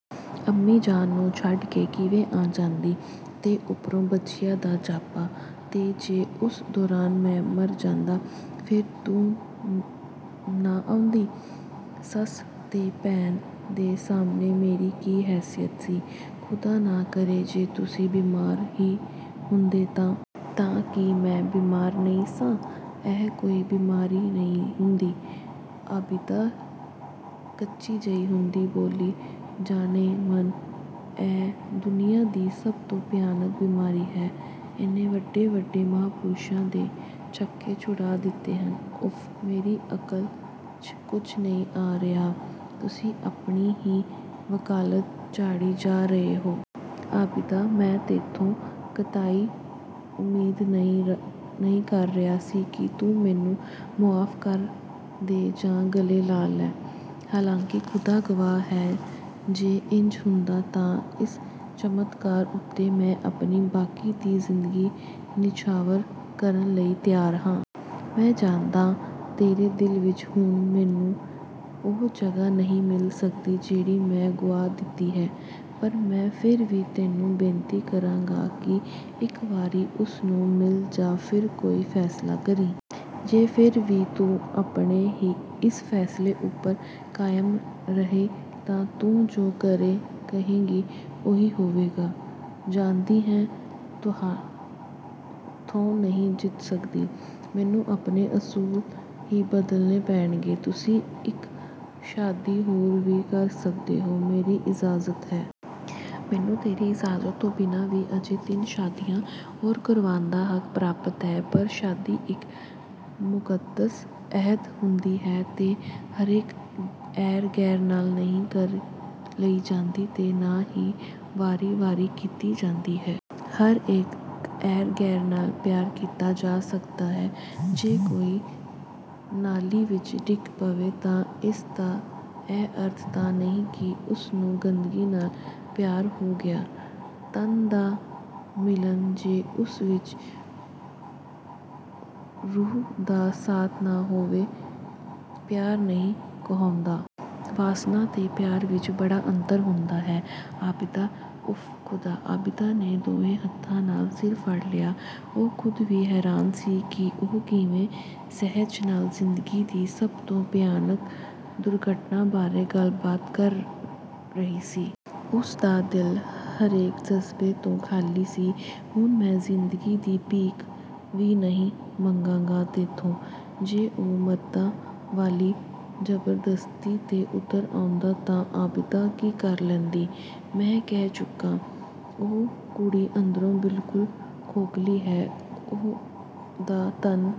"ਅੰਮੀ ਜਾਨ ਨੂੰ ਛੱਡ ਕੇ ਕਿਵੇਂ ਆ ਜਾਂਦੀ!ਤੇ ਉੱਪਰੋਂ ਬਜੀਆ ਦਾ ਜਾਪਾ!" "ਤੇ ਜੇ ਉਸ ਦੌਰਾਨ ਮੈਂ ਮਰ ਜਾਂਦਾ, ਫਿਰ ਤੂੰ ਨਾ ਆਉਂਦੀ? ਸੱਸ ਤੇ ਭੈਣ ਦੇ ਸਾਹਮਣੇ ਮੇਰੀ ਕੀ ਹੈਸੀਅਤ ਸੀ!" "ਖ਼ੁਦਾ ਨਾ ਕਰੇ ਜੇ ਤੁਸੀਂ ਬਿਮਾਰ ਵੀ ਹੁੰਦੇ ਤਾਂ..." "ਤਾਂ ਕੀ ਮੈਂ ਬਿਮਾਰ ਨਹੀਂ ਸਾਂ?" "ਇਹ ਕੋਈ ਬਿਮਾਰੀ ਨਹੀਂ ਹੁੰਦੀ," ਆਬਿਦਾ ਕੱਚੀ ਜਿਹੀ ਹੁੰਦੀ ਬੋਲੀ। "ਜਾਨੇ-ਮਨ, ਇਹ ਦੁਨੀਆਂ ਦੀ ਸਭ ਤੋਂ ਭਿਆਨਕ ਬਿਮਾਰੀ ਹੈ, ਇਹਨੇ ਵੱਡੇ-ਵੱਡੇ ਮਹਾਂਪੁਰਸ਼ਾਂ ਦੇ ਛੱਕੇ-ਛੁਡਾ ਦਿੱਤੇ ਨੇ।" "ਉਫ਼, ਮੇਰੀ ਅਕਲ 'ਚ ਕੁਝ ਨਹੀਂ ਆ ਰਿਹਾ, ਤੁਸੀਂ ਆਪਣੀ ਹੀ ਵਕਾਲਤ ਝਾੜੀ ਜਾ ਰਹੇ ਹੋ।" "ਆਬਿਦਾ, ਮੈਂ ਤੈਥੋਂ ਕਤਈ ਉਮੀਦ ਨਹੀਂ ਕਰ ਰਿਹਾ ਕਿ ਤੂੰ ਮੈਨੂੰ ਮੁਆਫ਼ ਕਰ ਦੇ ਜਾਂ ਗਲੇ ਲਾ ਲੈ। ਹਾਲਾਂਕਿ ਖ਼ੁਦਾ ਗਵਾਹ ਹੈ, ਜੇ ਇੰਜ ਹੁੰਦਾ ਹੈ ਤਾਂ ਇਸ ਚਮਤਕਾਰ ਉੱਤੇ ਮੈਂ ਆਪਣੀ ਬਾਕੀ ਦੀ ਜ਼ਿੰਦਗੀ ਨਿਛਾਵਰ ਕਰਨ ਲਈ ਤਿਆਰ ਹਾਂ। ਮੈਂ ਜਾਣਦਾ, ਤੇਰੇ ਦਿਲ ਵਿੱਚ ਹੁਣ ਮੈਨੂੰ, ਉਹ ਜਗ੍ਹਾ ਨਹੀਂ ਮਿਲ ਸਕਦੀ ਜਿਹੜੀ ਮੈਂ ਗੁਆ ਦਿੱਤੀ ਹੈ, ਪਰ ਮੈਂ ਫਿਰ ਵੀ ਤੈਨੂੰ ਬੇਨਤੀ ਕਰਾਂਗਾ ਕਿ ਇੱਕ ਵਾਰੀ ਉਸਨੂੰ ਮਿਲ ਆ, ਫਿਰ ਕੋਈ ਫ਼ੈਸਲਾ ਕਰੀਂ। ਜੇ ਫਿਰ ਵੀ ਤੂੰ ਆਪਣੇ ਇਸ ਫ਼ੈਸਲੇ ਉੱਪਰ ਕਾਇਮ ਰਹੀ ਤਾਂ ਤੂੰ ਜੋ ਕਹੇਂਗੀ, ਉਹੀ ਹੋਵੇਗਾ।" "ਜਾਣਦੀ ਹਾਂ ਤੁਹਾਥੋਂ ਨਹੀਂ ਜਿੱਤ ਸਕਦੀ। ਮੈਨੂੰ ਆਪਣੇ ਅਸੂਲ ਹੀ ਬਦਲਣੇ ਪੈਣਗੇ। ਤੁਸੀਂ ਇੱਕ ਸ਼ਾਦੀ ਹੋਰ ਵੀ ਕਰ ਸਕਦੇ ਹੋ, ਮੇਰੀ ਇਜਾਜ਼ਤ ਹੈ।" "ਮੈਨੂੰ ਤੇਰੀ ਇਜਾਜ਼ਤ ਤੋਂ ਬਿਨਾਂ ਵੀ ਅਜੇ ਤਿੰਨ ਸ਼ਾਦੀਆਂ ਹੋਰ ਕਰਵਾਉਣ ਦਾ ਹੱਕ ਪ੍ਰਾਪਤ ਹੈ, ਪਰ ਸ਼ਾਦੀ ਇੱਕ ਮੁਕੱਦਸ ਅਹਿਦ ਹੁੰਦੀ ਹੈ ਤੇ ਹਰੇਕ ਐਰ-ਗ਼ੈਰ ਨਾਲ ਨਹੀਂ ਕਰ ਲਈ ਜਾਂਦੀ, ਤੇ ਨਾ ਹੀ ਵਾਰੀ-ਵਾਰੀ ਕੀਤੀ ਜਾਂਦੀ ਹੈ।" "ਹਰੇਕ ਐਰ-ਗ਼ੈਰ ਨਾਲ ਪਿਆਰ ਕੀਤਾ ਜਾ ਸਕਦਾ ਹੈ?" "ਜੇ ਕੋਈ ਨਾਲੀ ਵਿੱਚ ਡਿੱਗ ਪਵੇ ਤਾਂ ਇਸਦਾ ਇਹ ਅਰਥ ਤਾਂ ਨਹੀਂ ਕਿ ਉਸਨੂੰ ਗੰਦਗੀ ਨਾਲ ਪਿਆਰ ਹੋ ਗਿਆ...! ਤਨ ਦਾ ਮਿਲਨ ਜੇ ਉਸ ਵਿੱਚ ਰੂਹ ਦਾ ਸਾਥ ਨਾ ਹੋਵੇ, ਪਿਆਰ ਨਹੀਂ ਕਹਾਉਂਦਾ...। ਵਾਸਨਾ ਤੇ ਪਿਆਰ ਵਿੱਚ ਬੜਾ ਅੰਤਰ ਹੁੰਦਾ ਹੈ, ਆਬਿਦਾ।" "ਉਫ਼ ਖ਼ੁਦਾ!" ਆਬਿਦਾ ਨੇ ਦੋਹਾਂ ਹੱਥਾਂ ਨਾਲ ਸਿਰ ਫੜ ਲਿਆ। ਉਹ ਖ਼ੁਦ ਵੀ ਹੈਰਾਨ ਸੀ ਕਿ ਉਹ ਕਿਵੇਂ ਸਹਿਜ ਨਾਲ ਜ਼ਿੰਦਗੀ ਦੀ ਸਭ ਤੋਂ ਭਿਆਨਕ ਦੁਰਘਟਨਾ ਬਾਰੇ ਗੱਲਬਾਤ ਕਰ ਰਹੀ ਸੀ! ਉਸਦਾ ਦਿਲ ਹਰੇਕ ਜਜ਼ਬੇ ਤੋਂ ਖਾ਼ਲੀ ਸੀ। "ਹੁਣ ਮੈਂ ਜ਼ਿੰਦਗੀ ਦੀ ਭੀਖ ਵੀ ਨਹੀਂ ਮੰਗਾਂਗਾ, ਤੈਥੋਂ।"... ਜੇ ਉਹ ਮਰਦਾਂ ਵਾਲੀ ਜ਼ਬਰਦਸਤੀ 'ਤੇ ਉਤਰ ਆਉਂਦਾ ਤਾਂ ਆਬਿਦਾ ਕੀ ਕਰ ਲੈਂਦੀ? "ਮੈਂ ਕਹਿ ਚੁੱਕਾ, ਉਹ ਕੁੜੀ ਅੰਦਰੋਂ ਬਿਲਕੁਲ ਖੋਖ਼ਲੀ ਹੈ।" "ਉਹਦਾ ਤਨ